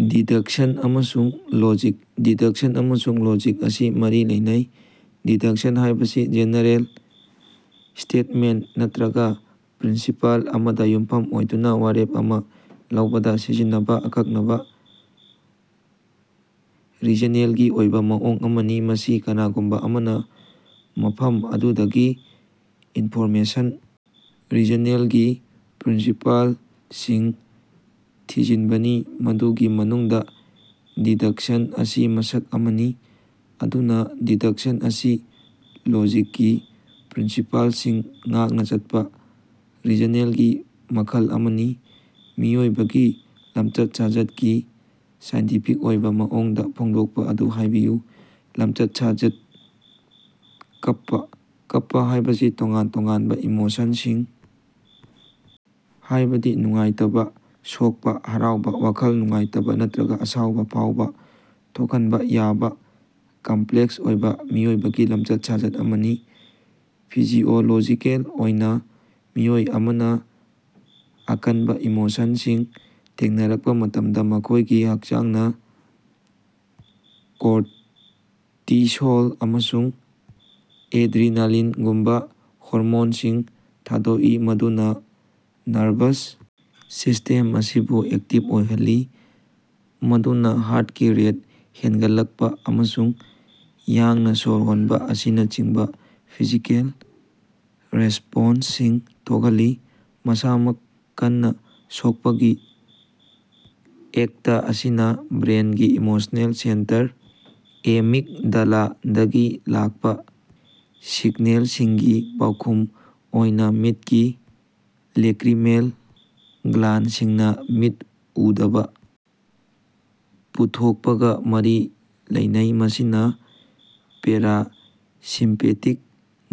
Deduction ꯑꯃꯁꯨꯡ logic. Deduction ꯑꯃꯁꯨꯡ logic ꯑꯁꯤ ꯃꯔꯤ ꯂꯩꯅꯩ꯫ ꯗꯤꯗꯛꯁꯟ ꯍꯥꯏꯕꯁꯤ ꯖꯦꯅꯦꯔꯦꯜ ꯁ꯭ꯇꯦꯠꯃꯦꯟꯇ ꯅꯠꯇ꯭ꯔꯒ ꯄ꯭ꯔꯤꯟꯁꯤꯄꯜ ꯑꯃꯗ ꯌꯨꯝꯐꯝ ꯑꯣꯏꯗꯨꯅ ꯋꯥꯔꯦꯞ ꯑꯃ ꯂꯧꯕꯗ ꯁꯤꯖꯤꯟꯅꯕ ꯑꯀꯛꯅꯕ ꯔꯤꯖꯅꯦꯜꯒꯤ ꯑꯣꯏꯕ ꯃꯑꯣꯡ ꯑꯃꯅꯤ꯫ ꯃꯁꯤ ꯀꯅꯥꯒꯨꯝꯕ ꯑꯃꯅ ꯃꯐꯝ ꯑꯗꯨꯗꯒꯤ ꯏꯟꯐꯣꯔꯃꯦꯁꯟ ꯔꯤꯖꯅꯦꯜꯒꯤ ꯄ꯭ꯔꯤꯟꯁꯤꯄꯜꯁꯤꯡ ꯊꯤꯖꯤꯟꯕꯅꯤ, ꯃꯗꯨꯒꯤ ꯃꯅꯨꯡꯗ ꯗꯤꯗꯛꯁꯟ ꯑꯁꯤ ꯃꯁꯛ ꯑꯃꯅꯤ꯫ ꯑꯗꯨꯅ, ꯗꯤꯗꯛꯁꯟ ꯑꯁꯤ ꯂꯣꯖꯤꯛꯀꯤ ꯄ꯭ꯔꯤꯟꯁꯤꯄꯜꯁꯤꯡ ꯉꯥꯛꯅ ꯆꯠꯄ ꯔꯤꯖꯅꯦꯜꯒꯤ ꯃꯈꯜ ꯑꯃꯅꯤ꯫ ꯃꯤꯑꯣꯏꯕꯒꯤ ꯂꯝꯆꯠ-ꯁꯥꯖꯠꯀꯤ ꯁꯥꯏꯟꯇꯤꯐꯤꯛ ꯑꯣꯏꯕ ꯃꯑꯣꯡꯗ ꯐꯣꯡꯗꯣꯛꯄ ꯑꯗꯨ ꯍꯥꯏꯕꯤꯌꯨ꯫ ꯂꯝꯆꯠ-ꯁꯥꯖꯠ: ꯀꯞꯄ꯫ ꯀꯞꯄ ꯍꯥꯏꯕꯁꯤ ꯇꯣꯉꯥꯟ-ꯇꯣꯉꯥꯟꯕ ꯏꯃꯣꯁꯟꯁꯤꯡ ꯍꯥꯏꯕꯗꯤ ꯅꯨꯡꯉꯥꯏꯇꯕ, ꯁꯣꯛꯄ, ꯍꯔꯥꯎꯕ, ꯋꯥꯈꯜ ꯅꯨꯡꯉꯥꯏꯇꯕ ꯅꯠꯇ꯭ꯔꯒ ꯑꯁꯥꯎꯕ ꯐꯥꯎꯕ ꯊꯣꯛꯍꯟꯕ ꯌꯥꯕ ꯀꯝꯄ꯭ꯂꯦꯛꯁ ꯑꯣꯏꯕ ꯃꯤꯑꯣꯏꯕꯒꯤ ꯂꯝꯆꯠ-ꯁꯥꯖꯠ ꯑꯃꯅꯤ꯫ ꯐꯤꯖꯤꯑꯣꯂꯣꯖꯤꯀꯦꯜ ꯑꯣꯏꯅ, ꯃꯤꯑꯣꯏ ꯑꯃꯅ ꯑꯀꯟꯕ ꯏꯃꯣꯁꯟꯁꯤꯡ ꯊꯦꯡꯅꯔꯛꯄ ꯃꯇꯝꯗ, ꯃꯈꯣꯏꯒꯤ ꯍꯛꯆꯥꯡꯅ ꯀꯣꯔꯇꯤꯁꯣꯜ ꯑꯃꯁꯨꯡ ꯑꯦꯗ꯭ꯔꯤꯅꯥꯂꯤꯟꯒꯨꯝꯕ ꯍꯣꯔꯃꯣꯟꯁꯤꯡ ꯊꯥꯗꯣꯛꯏ, ꯃꯗꯨꯅ ꯅꯔꯚꯁ ꯁꯤꯁꯇꯦꯝ ꯑꯁꯤꯕꯨ ꯑꯦꯛꯇꯤꯚ ꯑꯣꯏꯍꯜꯂꯤ, ꯃꯗꯨꯅꯥꯍꯥꯔꯇꯀꯤ ꯔꯦꯠ ꯍꯦꯟꯒꯠꯂꯛꯄ ꯑꯃꯁꯨꯡ ꯌꯥꯡꯅ ꯁꯣꯔ ꯍꯣꯟꯕ ꯑꯁꯤꯅꯆꯤꯡꯕ ꯐꯤꯖꯤꯀꯦꯜ ꯔꯦꯁꯄꯣꯟꯁꯁꯤꯡ ꯊꯣꯛꯍꯜꯂꯤ꯫ ꯃꯁꯥꯃꯛ ꯀꯟꯅ ꯁꯣꯛꯄꯒꯤ ꯑꯦꯛꯇ ꯑꯁꯤꯅ ꯕ꯭ꯔꯦꯟꯒꯤ ꯏꯃꯣꯁꯅꯦꯜ ꯁꯦꯟꯇꯔ, ꯑꯦꯃꯤꯒꯗꯥꯂꯥꯗꯒꯤ ꯂꯥꯛꯄ ꯁꯤꯒꯅꯦꯜꯁꯤꯡꯒꯤ ꯄꯥꯎꯈꯨꯝ ꯑꯣꯏꯅ ꯃꯤꯠꯀꯤ ꯂꯦꯀ꯭ꯔꯤꯃꯦꯜ ꯒ꯭ꯂꯥꯟꯗꯁꯤꯡꯅ ꯃꯤꯠ ꯎꯗꯕ ꯄꯨꯊꯣꯛꯄꯒ ꯃꯔꯤ ꯂꯩꯅꯩ, ꯃꯁꯤꯅ ꯄꯦꯔꯥꯁꯤꯝꯄꯦꯇꯤꯛ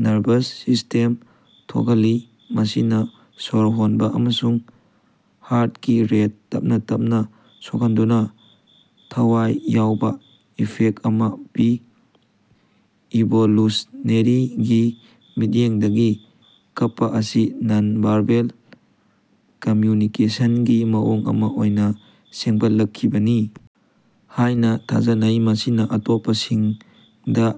ꯅꯔꯚꯁ ꯁꯤꯁ꯭ꯇꯦꯝ ꯊꯣꯛꯍꯜꯂꯤ, ꯃꯁꯤꯅ ꯁꯣꯔ ꯍꯣꯟꯕ ꯑꯃꯁꯨꯡ ꯍꯥꯔꯇꯀꯤ ꯔꯦꯠ ꯇꯞꯅ - ꯇꯞꯅ ꯁꯣꯛꯍꯟꯗꯨꯅ ꯊꯋꯥꯏ ꯌꯥꯎꯕ ꯏꯐꯦꯛꯇ ꯑꯃ ꯄꯤ꯫ ꯏꯚꯣꯂꯨꯁꯅꯦꯔꯤꯒꯤ ꯃꯤꯠꯌꯦꯡꯗꯒꯤ, ꯀꯞꯄ ꯑꯁꯤ ꯅꯟ-ꯚꯥꯔꯕꯦꯜ ꯀꯝꯃ꯭ꯌꯨꯅꯤꯀꯦꯁꯟꯒꯤ ꯃꯑꯣꯡ ꯑꯃ ꯑꯣꯏꯅ ꯁꯦꯝꯒꯠꯂꯛꯈꯤꯕꯅꯤ ꯍꯥꯏꯅ ꯊꯥꯖꯅꯩ, ꯃꯁꯤꯅ ꯑꯇꯣꯞꯄꯁꯤꯡꯗ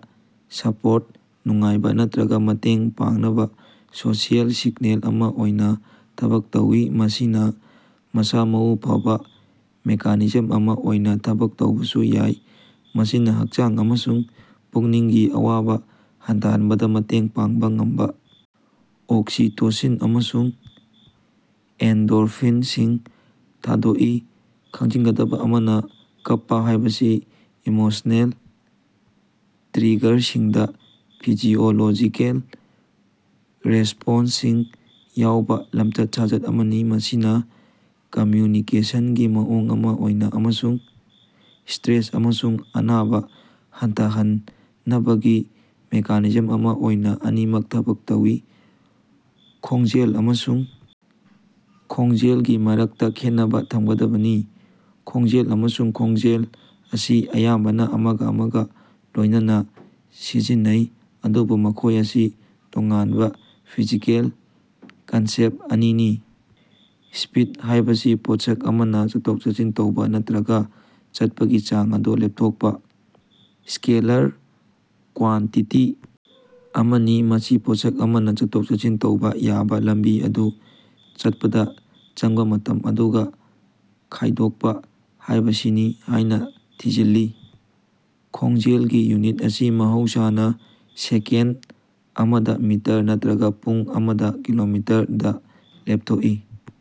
ꯁꯄꯣꯔꯠ, ꯅꯨꯡꯉꯥꯏꯕ ꯅꯠꯇ꯭ꯔꯒ ꯃꯇꯦꯡ ꯄꯥꯡꯅꯕꯥ ꯁꯣꯁꯤꯑꯦꯜ ꯁꯤꯒꯅꯦꯜ ꯑꯃ ꯑꯣꯏꯅ ꯊꯕꯛ ꯇꯧꯏ꯫ ꯃꯁꯤꯅ ꯃꯁꯥ-ꯃꯎ ꯐꯕ ꯃꯦꯀꯥꯅꯤꯖꯝ ꯑꯃ ꯑꯣꯏꯅ ꯊꯕꯛ ꯇꯧꯕꯁꯨ ꯌꯥꯏ, ꯃꯁꯤꯅ ꯍꯛꯆꯥꯡ ꯑꯃꯁꯨꯡ ꯄꯨꯛꯅꯤꯡꯒꯤ ꯑꯋꯥꯕ ꯍꯟꯊꯍꯟꯕꯗ ꯃꯇꯦꯡ ꯄꯥꯡꯕ ꯉꯝꯕ ꯑꯣꯛꯁꯤꯇꯣꯁꯤꯟ ꯑꯃꯁꯨꯡ ꯑꯦꯟꯗꯣꯔꯐꯤꯟꯁꯤꯡ ꯊꯥꯗꯣꯛꯏ꯫ ꯈꯪꯖꯤꯟꯒꯗꯕ ꯑꯃꯅ, ꯀꯞꯄ ꯍꯥꯏꯕꯁꯤ ꯏꯃꯣꯁꯅꯦꯜ ꯇ꯭ꯔꯤꯒꯔꯁꯤꯡꯗ ꯐꯤꯖꯤꯑꯣꯂꯣꯖꯤꯀꯦꯜ ꯔꯦꯁꯄꯣꯟꯁꯁꯤꯡ ꯌꯥꯎꯕ ꯂꯝꯆꯠ-ꯁꯥꯖꯠ ꯑꯃꯅꯤ, ꯃꯁꯤꯅ ꯀꯝꯃ꯭ꯌꯨꯅꯤꯀꯦꯁꯟꯒꯤ ꯃꯑꯣꯡ ꯑꯃ ꯑꯣꯏꯅ ꯑꯃꯁꯨꯡ ꯁꯇ꯭ꯔꯦꯁ ꯑꯃꯁꯨꯡ ꯑꯅꯥꯕ ꯍꯟꯊꯍꯟꯅꯕꯒꯤ ꯃꯦꯀꯥꯅꯤꯖꯝ ꯑꯃ ꯑꯣꯏꯅ ꯑꯅꯤꯃꯛ ꯊꯕꯛ ꯇꯧꯏ꯫ ꯈꯣꯡꯖꯦꯜ ꯑꯃꯁꯨꯡ ꯈꯣꯡꯖꯦꯜꯒꯤ ꯃꯔꯛꯇ ꯈꯦꯠꯅꯕ ꯊꯝꯒꯗꯕꯅꯤ꯫ ꯈꯣꯡꯖꯦꯜ ꯑꯃꯁꯨꯡ ꯈꯣꯡꯖꯦꯜ ꯑꯁꯤ ꯑꯌꯥꯝꯕꯅ ꯑꯃꯒꯥ ꯑꯃꯒꯥ ꯂꯣꯏꯅꯅ ꯁꯤꯖꯤꯟꯅꯩ, ꯑꯗꯨꯕꯨ ꯃꯈꯣꯏ ꯑꯁꯤ ꯇꯣꯉꯥꯟꯕ ꯐꯤꯖꯤꯀꯦꯜ ꯀꯟꯁꯦꯞꯇ ꯑꯅꯤꯅꯤ꯫ ꯁ꯭ꯄꯤꯗ ꯍꯥꯏꯕꯁꯤ ꯄꯣꯠꯁꯛ ꯑꯃꯅ ꯆꯠꯊꯣꯛ-ꯆꯠꯁꯤꯟ ꯇꯧꯕ ꯅꯠꯇ꯭ꯔꯒ ꯆꯠꯄꯒꯤ ꯆꯥꯡ ꯑꯗꯨ ꯂꯦꯞꯊꯣꯛꯄ ꯁ꯭ꯀꯦꯂꯔ ꯀ꯭ꯋꯥꯟꯇꯤꯇꯤ ꯑꯃꯅꯤ꯫ ꯃꯁꯤ ꯄꯣꯠꯁꯛ ꯑꯃꯅ ꯆꯠꯊꯣꯛ-ꯆꯠꯁꯤꯟ ꯇꯧꯕ ꯌꯥꯕ ꯂꯝꯕꯤ ꯑꯗꯨ ꯆꯠꯄꯗ ꯆꯪꯕ ꯃꯇꯝ ꯑꯗꯨꯒ ꯈꯥꯏꯗꯣꯛꯄ ꯍꯥꯏꯕꯁꯤꯅꯤ ꯍꯥꯏꯅ ꯊꯤꯖꯤꯜꯂꯤ꯫ ꯈꯣꯡꯖꯦꯜꯒꯤ ꯌꯨꯅꯤꯠ ꯑꯁꯤ ꯃꯍꯧꯁꯥꯅ ꯁꯦꯀꯦꯟꯗ ꯑꯃꯗ ꯃꯤꯇꯔ ꯅꯠꯇ꯭ꯔꯒ ꯄꯨꯡ ꯑꯃꯗꯥ ꯀꯤꯂꯣꯃꯤꯇꯔ ꯗ ꯂꯦꯞꯊꯣꯛꯏ꯫